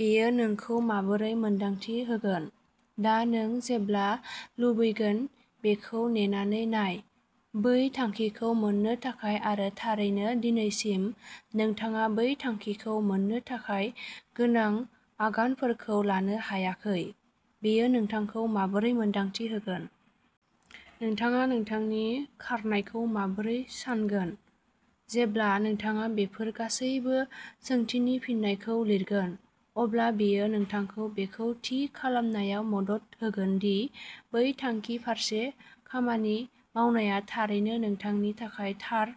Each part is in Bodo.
बेयो नोंखौ माबोरै मोन्दांथि होगोन? दा नों जेब्ला लुबैगोन बेखौ नेनानै नाय। बै थांखिखौ मोन्नो थाखाय, आरो थारैनो दिनैसिम, नोंथाङा बै थांखिखौ मोन्नो थाखाय गोनां आगानफोरखौ लानो हायाखै। बेयो नोंथांखौ माबोरै मोन्दांथि होगोन? नोंथाङा नोंथांनि खारनायखौ माबोरै सान्गोन? जेब्ला नोंथाङा बेफोर गासैबो सोंथिनि फिननायखौ लिरगोन, अब्ला बेयो नोंथांखौ बेखौ थि खालामनायाव मदद होगोन दि बै थांखि फारसे खामानि मावनाया थारैनो नोंथांनि थाखाय थार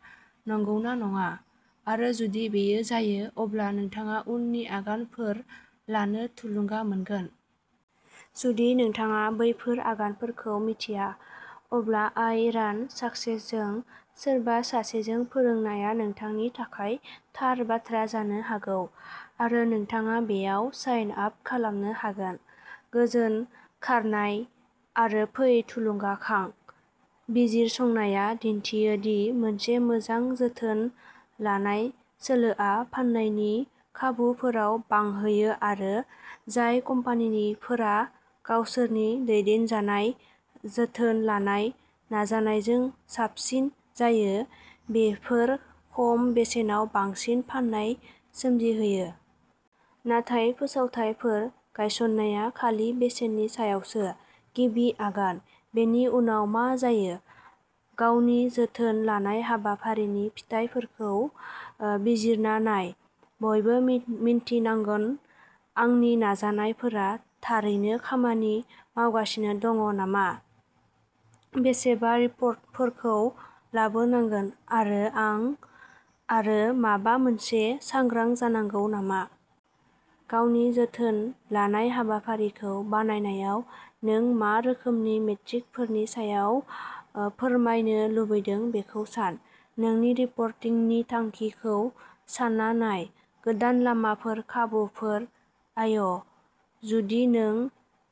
नंगौना नङा, आरो जुदि बेयो जायो, अब्ला नोंथाङा उननि आगानफोर लानो थुलुंगा मोनगोन। जुदि नोंथाङा बैफोर आगानफोरखौ मिथिया, अब्ला आई रान सक्सेसजों सोरबा सासेजों फोरोंनाया नोंथांनि थाखाय थार बाथ्रा जानो हागौ, आरो नोंथाङा बेयाव साइन आप खालामनो हागोन। गोजोन खारनाय, आरो फै थुलुंगाखां। बिजिरसंनाया दिन्थियो दि मोनसे मोजां जोथोन लानाय सोलोआ फान्नायनि खाबुफोराव बांहोयो आरो जाय कम्पानिफोरा गावसोरनि दैदेनजानाय जोथोन लानाय नाजानायजों साबसिन जायो, बेफोर खम बेसेनाव बांसिन फान्नाय सोमजिहोयो। नाथाय फोसावथायफोर गायसन्नाया खालि बेसेननि सायावसो। गिबि आगान। बेनि उनाव मा जायो? गावनि जोथोन लानाय हाबाफारिनि फिथाइफोरखौ बिजिरना नाय। बयबो मिन्थिनांगोनः आंनि नाजानायफोरा थारैनो खामानि मावगासिनो दं नामा, बेसेबां रिपर्टफोरखौ लाबोनांगोन, आरो आं आरो माबा मोनसे सांग्रां जानांगौ नामा? गावनि जोथोन लानाय हाबाफारिखौ बानायनायाव, नों मा रोखोमनि मेट्रिकफोरनि सायाव फोरमायनो लुबैदों बेखौ सान। नोंनि रिपर्टिंनि थांखिखौ सान्ना नाय; गोदान लामाफोर, खाबुफोर, आय? जुदि नों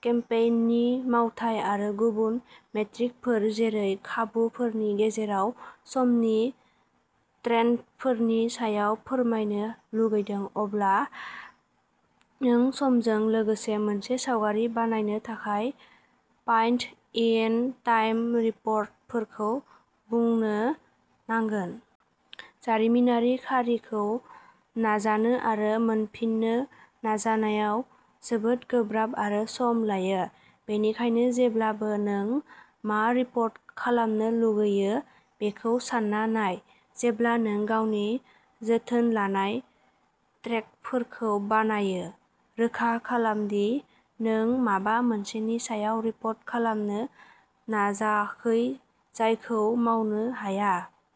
केम्पेइननि मावथाय आरो गुबुन मेट्रिकफोर जेरै खाबुफोरनि गेजेराव समनि ट्रेन्डफोरनि सायाव फोरमायनो लुगैयो, अब्ला नों समजों लोगोसे मोनसे सावगारि बानायनो थाखाय पइन्ट-इन-टाइम रिपर्टफोरखौ बुनो नांगोन। जारिमिनारि खारिखौ नाजानो आरो मोनफिननो नाजानाया जोबोद गोब्राब आरो सम लायो; बेनिखायनो जेब्लाबो नों मा रिपर्ट खालामनो लुगैयो बेखौ सान्ना नाय, जेब्ला नों गावनि जोथोन लानाय ट्रेकफोरखौ बानायो। रोखा खालाम दि नों माबा मोनसेनि सायाव रिपर्ट खालामनो नाजाखै जायखौ मावनो हाया।